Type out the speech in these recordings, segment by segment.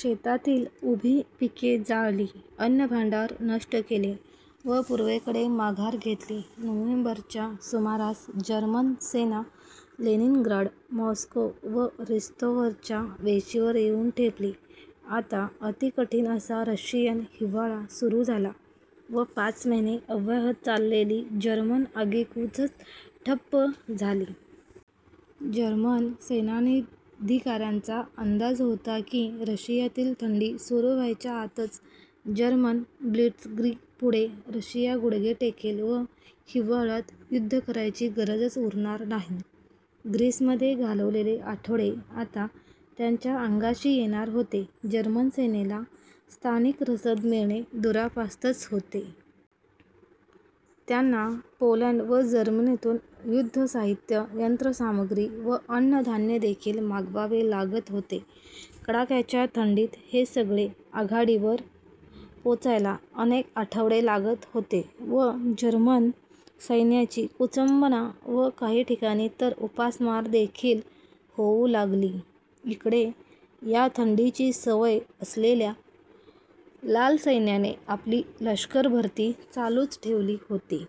शेतातील उभी पिके जाळली, अन्नभांडार नष्ट केले व पूर्वेकडे माघार घेतली. नोव्हेंबर च्या सुमारास जर्मन सेना लेनिनग्राड, मॉस्को व रोस्तोव्हच्या वेशीवर येऊन ठेपली. आता अतिकठीण असा रशियन हिवाळा सुरू झाला व पाच महिने अव्याहत चाललेली जर्मन आगेकूच ठप्प झाली. जर्मन सेनाधिकाऱ्यांचा अंदाज होता की रशियातील थंडी सुरू व्हायच्या आतच जर्मन ब्लिट्झक्रीगपुढे रशिया गुडघे टेकेल व हिवाळ्यात युद्ध करायची गरजच उरणार नाही. ग्रीसमध्ये घालवलेले आठवडे आता त्यांच्या अंगाशी येणार होते. जर्मन सेनेला स्थानिक रसद मिळणे दुरापास्तच होते. त्यांना पोलंड व जर्मनीतून युद्धसाहित्य, यंत्रसामग्री व अन्न-धान्यदेखील मागवावे लागत होते. कडाक्याच्या थंडीत हे सगळे आघाडीवर पोचायला अनेक आठवडे लागत होते व जर्मन सैन्याची कुचंबणा व काही ठिकाणी तर उपासमारदेखील होऊ लागली. इकडे या थंडीची सवय असलेल्या लाल सैन्याने आपली लश्करभरती चालूच ठेवली होती.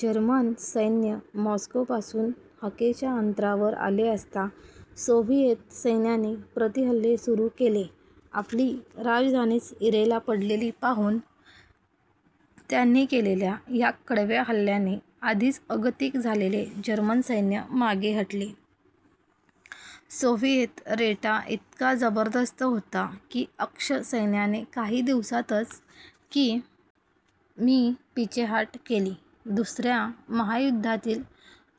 जर्मन सैन्य मॉस्कोपासून हाकेच्या अंतरावर आले असता सोव्हिएत सैन्याने प्रतिहल्ले सुरू केले. आपली राजधानीच इरेला पडलेली पाहून त्यांनी केलेल्या या कडव्या हल्ल्यांनी आधीच अगतिक झालेले जर्मन सैन्य मागे हटले. सोव्हिएत रेटा इतका जबरदस्त होता की अक्ष सैन्याने काही दिवसातच - कि. मी. पीछेहाट केली. दुसऱ्या महायुद्धातील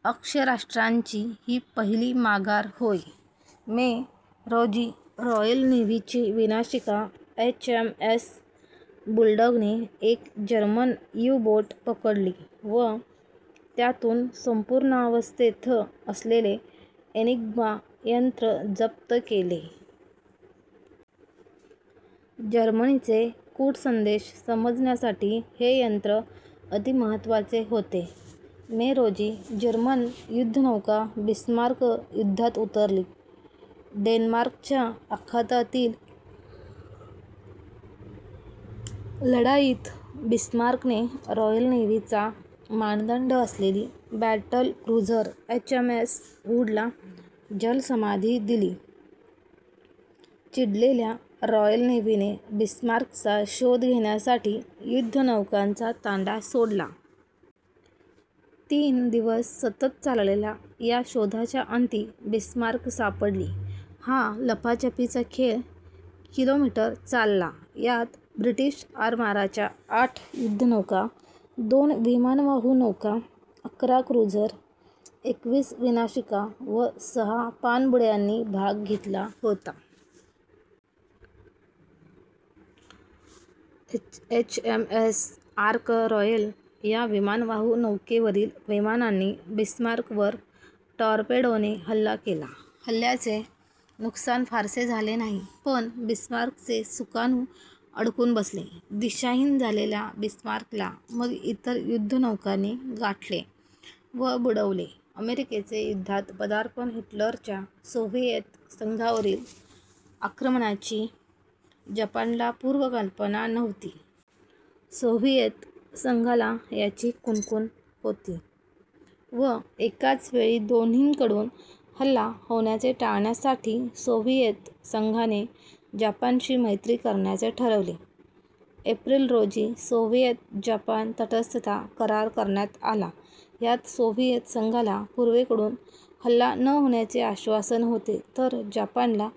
अक्ष राष्ट्रांची ही पहिली माघार होय. मे, रोजी रॉयल नेव्हीची विनाशिका एच. एम. एस. बुलडॉगने एक जर्मन यू-बोट पकडली व त्यातून संपूर्णावस्थेत असलेले एनिग्मा यंत्र जप्त केले. जर्मनीचे कूटसंदेश समजण्यासाठी हे यंत्र अतिमहत्त्वाचे होते. मे रोजी जर्मन युद्धनौका बिस्मार्क युद्धात उतरली. डेन्मार्कच्या अखातातील लढाईत बिस्मार्कने रॉयल नेव्हीचा मानदंड असलेली बॅटलक्रुझर एच. एम. एस. हूडला जलसमाधी दिली. चिडलेल्या रॉयल नेव्हीने बिस्मार्कचा शोध घेण्यासाठी युद्धनौकांचा तांडा सोडला. तीन दिवस सतत चाललेल्या या शोधाच्या अंती बिस्मार्क सापडली. हा लपाछपीचा खेळ कि. मी. चालला. यात ब्रिटिश आरमाराच्या आठ युद्धनौका, दोन विमानवाहू नौका, अकरा क्रुझर, एकवीस विनाशिका व सहा पाणबुड्यांनी भाग घेतला होता. H. M. S. Ark Royal या विमानवाहू नौकेवरील विमानांनी बिस्मार्कवर टॉरपेडोने हल्ला केला. हल्ल्याने नुकसान फारसे झाले नाही पण बिस्मार्कचे सुकाणू अडकून बसले. दिशाहीन झालेल्या बिस्मार्कला मग इतर युद्धनौकांनी गाठले व बुडवले. अमेरिकेचे युद्धात पदार्पण हिटलरच्या सोव्हिएत संघावरील आक्रमणाची जपानला पूर्वकल्पना नव्हती. सोव्हिएत संघाला याची कुणकुण होती व एकाचवेळी दोन्हीकडून हल्ला होण्याचे टाळण्यासाठी सोव्हिएत संघाने जपानशी मैत्री करण्याचे ठरवले. एप्रिल, रोजी सोव्हिएत-जपान तटस्थता करार करण्यात आला. यात सोव्हिएत संघाला पूर्वेकडून हल्ला न होण्याचे आश्वासन होते तर जपानला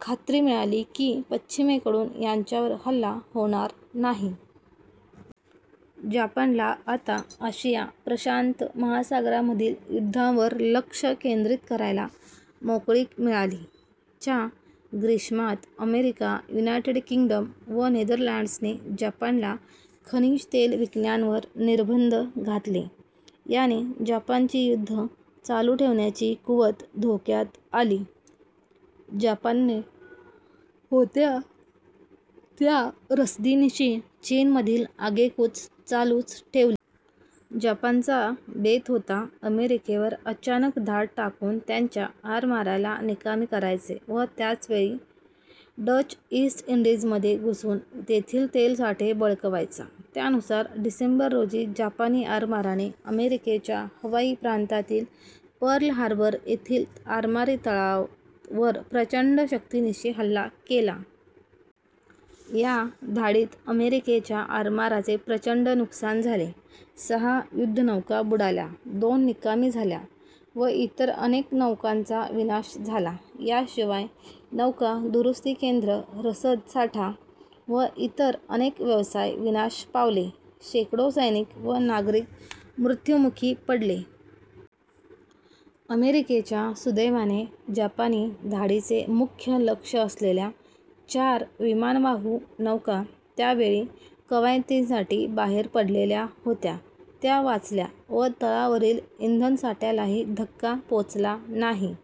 खात्री मिळाली की पश्चिमेकडून त्यांच्यावर हल्ला होणार नाही. जपानला आता आशिया-प्रशांत महासागरामधील युद्धावर लक्ष केंद्रित करायला मोकळीक मिळाली. च्या ग्रीष्मात अमेरिका, युनायटेड किंग्डम व नेदरलँड्सने जपानला खनिजतेल विकण्यावर निर्बंध घातले. याने जपानची युद्ध चालू ठेवण्याची कुवत धोक्यात आली. जपानने होत्या त्या रसदीनिशी चीनमधील आगेकूच चालूच ठेवली. जपानचा बेत होता अमेरिकेवर अचानक धाड टाकून त्यांच्या आरमाराला निकामी करायचे व त्याच वेळी डच ईस्ट ईंडीझमध्ये घुसून तेथील तेलसाठे बळकावायचा. त्यानुसार डिसेंबर, रोजी जपानी आरमाराने अमेरिकेच्या हवाई प्रांतातील पर्ल हार्बर येथील आरमारी तळावर प्रचंड शक्तीनिशी हल्ला केला. या धाडीत अमेरिकेच्या आरमाराचे प्रचंड नुकसान झाले. सहा युद्धनौका बुडाल्या, दोन निकामी झाल्या व इतर अनेक नौकांचा विनाश झाला. या शिवाय नौका-दुरूस्ती केंद्र, रसद साठा व इतर अनेक व्यवसाय विनाश पावले. शेकडो सैनिक व नागरिक मृत्युमुखी पडले. अमेरिकेच्या सुदैवाने जपानी धाडीचे मुख्य लक्ष्य असलेल्या चार विमानवाहू नौका त्या वेळी कवायतींसाठी बाहेर पडलेल्या होत्या त्या वाचल्या व तळावरील इंधनसाठ्यालाही धक्का पोचला नाही.